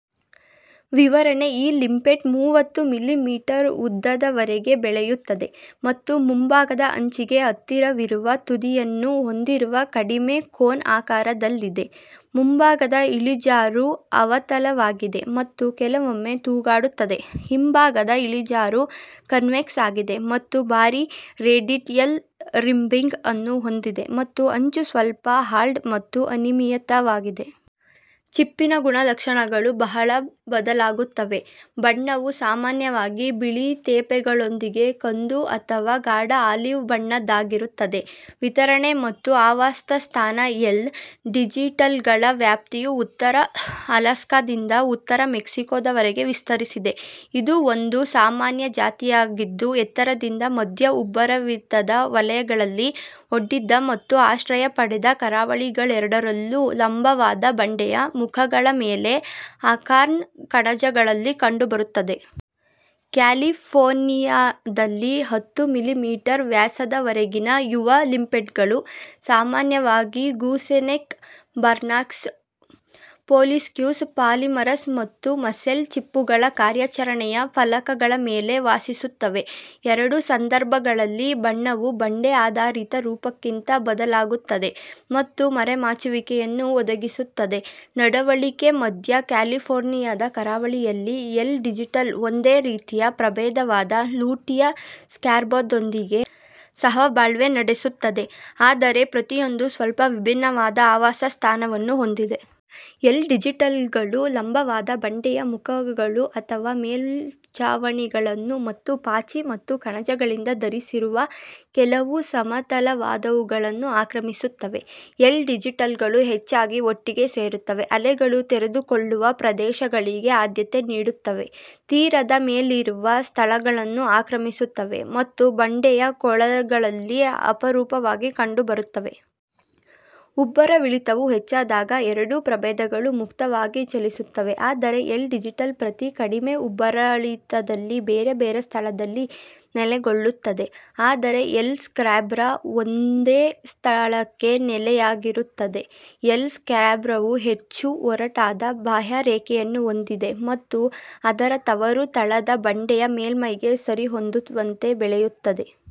ವಿವರಣೆ ಈ ಲಿಂಪೆಟ್ ಮೂವತ್ತು ಮಿಲಿಮೀಟರ್ ಉದ್ದದವರೆಗೆ ಬೆಳೆಯುತ್ತದೆ ಮತ್ತು ಮುಂಭಾಗದ ಅಂಚಿಗೆ ಹತ್ತಿರವಿರುವ ತುದಿಯನ್ನು ಹೊಂದಿರುವ ಕಡಿಮೆ ಕೋನ್ ಆಕಾರದಲ್ಲಿದೆ. ಮುಂಭಾಗದ ಇಳಿಜಾರು ಅವತಲವಾಗಿದೆ ಮತ್ತು ಕೆಲವೊಮ್ಮೆ ತೂಗಾಡುತ್ತದೆ. ಹಿಂಭಾಗದ ಇಳಿಜಾರು ಕನ್ವೆಕ್ಸ್ ಆಗಿದೆ ಮತ್ತು ಭಾರೀ ರೇಡಿಯಲ್ ರಿಬ್ಬಿಂಗ್ ಅನ್ನು ಹೊಂದಿದೆ ಮತ್ತು ಅಂಚು ಸ್ವಲ್ಪ ಹಾಲ್ಡ್ ಮತ್ತು ಅನಿಯಮಿತವಾಗಿದೆ. ಚಿಪ್ಪಿನ ಗುಣಲಕ್ಷಣಗಳು ಬಹಳ ಬದಲಾಗುತ್ತವೆ. ಬಣ್ಣವು ಸಾಮಾನ್ಯವಾಗಿ ಬಿಳಿ ತೇಪೆಗಳೊಂದಿಗೆ ಕಂದು ಅಥವಾ ಗಾಢ ಆಲಿವ್ ಬಣ್ಣದ್ದಾಗಿರುತ್ತದೆ. ವಿತರಣೆ ಮತ್ತು ಆವಾಸಸ್ಥಾನ ಎಲ್. ಡಿಜಿಟಲ್ಗಳ ವ್ಯಾಪ್ತಿಯು ಉತ್ತರ ಅಲಾಸ್ಕಾದಿಂದ ಉತ್ತರ ಮೆಕ್ಸಿಕೋದವರೆಗೆ ವಿಸ್ತರಿಸಿದೆ. ಇದು ಒಂದು ಸಾಮಾನ್ಯ ಜಾತಿಯಾಗಿದ್ದು, ಎತ್ತರದಿಂದ ಮಧ್ಯ-ಉಬ್ಬರವಿಳಿತದ ವಲಯಗಳಲ್ಲಿ, ಒಡ್ಡಿದ ಮತ್ತು ಆಶ್ರಯ ಪಡೆದ ಕರಾವಳಿಗಳೆರಡರಲ್ಲೂ ಲಂಬವಾದ ಬಂಡೆಯ ಮುಖಗಳ ಮೇಲೆ ಅಕಾರ್ನ್ ಕಣಜಗಳಲ್ಲಿ ಕಂಡುಬರುತ್ತದೆ. ಕ್ಯಾಲಿಫೋರ್ನಿಯಾದಲ್ಲಿ, ಹತ್ತು ಮಿಲಿಮೀಟರ್ ವ್ಯಾಸದವರೆಗಿನ ಯುವ ಲಿಂಪೆಟ್ಗಳು, ಸಾಮಾನ್ಯವಾಗಿ ಗೂಸೆನೆಕ್ ಬಾರ್ನಾಕಲ್ಸ್, ಪೊಲೀಸ್ಕ್ಯೂಸ್ ಪಾಲಿಮರಸ್ ಮತ್ತು ಮಸ್ಸೆಲ್ ಚಿಪ್ಪುಗಳ ಕಾರ್ಯಾಚರಣೆಯ ಫಲಕಗಳ ಮೇಲೆ ವಾಸಿಸುತ್ತವೆ. ಎರಡೂ ಸಂದರ್ಭಗಳಲ್ಲಿ, ಬಣ್ಣವು ಬಂಡೆ-ಆಧಾರಿತ ರೂಪಕ್ಕಿಂತ ಬದಲಾಗುತ್ತದೆ ಮತ್ತು ಮರೆಮಾಚುವಿಕೆಯನ್ನು ಒದಗಿಸುತ್ತದೆ. ನಡವಳಿಕೆ ಮಧ್ಯ ಕ್ಯಾಲಿಫೋರ್ನಿಯಾದ ಕರಾವಳಿಯಲ್ಲಿ, ಎಲ್. ಡಿಜಿಟಲ್ ಒಂದೇ ರೀತಿಯ ಪ್ರಭೇದವಾದ ಲೋಟಿಯಾ ಸ್ಕ್ಯಾಬ್ರಾದೊಂದಿಗೆ ಸಹಬಾಳ್ವೆ ನಡೆಸುತ್ತದೆ, ಆದರೆ ಪ್ರತಿಯೊಂದೂ ಸ್ವಲ್ಪ ವಿಭಿನ್ನವಾದ ಆವಾಸಸ್ಥಾನವನ್ನು ಹೊಂದಿದೆ. ಎಲ್. ಡಿಜಿಟಲ್ಗಳು ಲಂಬವಾದ ಬಂಡೆಯ ಮುಖಗಳು ಅಥವಾ ಮೇಲ್ಛಾವಣಿಗಳನ್ನು ಮತ್ತು ಪಾಚಿ ಮತ್ತು ಕಣಜಗಳಿಂದ ಧರಿಸಿರುವ ಕೆಲವು ಸಮತಲವಾದವುಗಳನ್ನು ಆಕ್ರಮಿಸುತ್ತವೆ. ಎಲ್. ಡಿಜಿಟಲ್ಗಳು ಹೆಚ್ಚಾಗಿ ಒಟ್ಟಿಗೆ ಸೇರುತ್ತವೆ, ಅಲೆಗಳು ತೆರೆದುಕೊಳ್ಳುವ ಪ್ರದೇಶಗಳಿಗೆ ಆದ್ಯತೆ ನೀಡುತ್ತವೆ, ತೀರದ ಮೇಲಿರುವ ಸ್ಥಳಗಳನ್ನು ಆಕ್ರಮಿಸುತ್ತವೆ ಮತ್ತು ಬಂಡೆಯ ಕೊಳಗಳಲ್ಲಿ ಅಪರೂಪವಾಗಿ ಕಂಡುಬರುತ್ತವೆ. ಉಬ್ಬರವಿಳಿತವು ಹೆಚ್ಚಾದಾಗ ಎರಡೂ ಪ್ರಭೇದಗಳು ಮುಕ್ತವಾಗಿ ಚಲಿಸುತ್ತವೆ ಆದರೆ ಎಲ್. ಡಿಜಿಟಲ್ ಪ್ರತಿ ಕಡಿಮೆ ಉಬ್ಬರವಿಳಿತದಲ್ಲಿ ಬೇರೆ ಬೇರೆ ಸ್ಥಳದಲ್ಲಿ ನೆಲೆಗೊಳ್ಳುತ್ತದೆ ಆದರೆ ಎಲ್. ಸ್ಕ್ಯಾಬ್ರಾ ಒಂದೇ ಸ್ಥಳಕ್ಕೆ ನೆಲೆಯಾಗಿರುತ್ತದೆ. ಎಲ್. ಸ್ಕ್ಯಾಬ್ರಾವು ಹೆಚ್ಚು ಒರಟಾದ ಬಾಹ್ಯರೇಖೆಯನ್ನು ಹೊಂದಿದೆ ಮತ್ತು ಅದರ ತವರು ತಳದ ಬಂಡೆಯ ಮೇಲ್ಮೈಗೆ ಸರಿಹೊಂದುವಂತೆ ಬೆಳೆಯುತ್ತದೆ.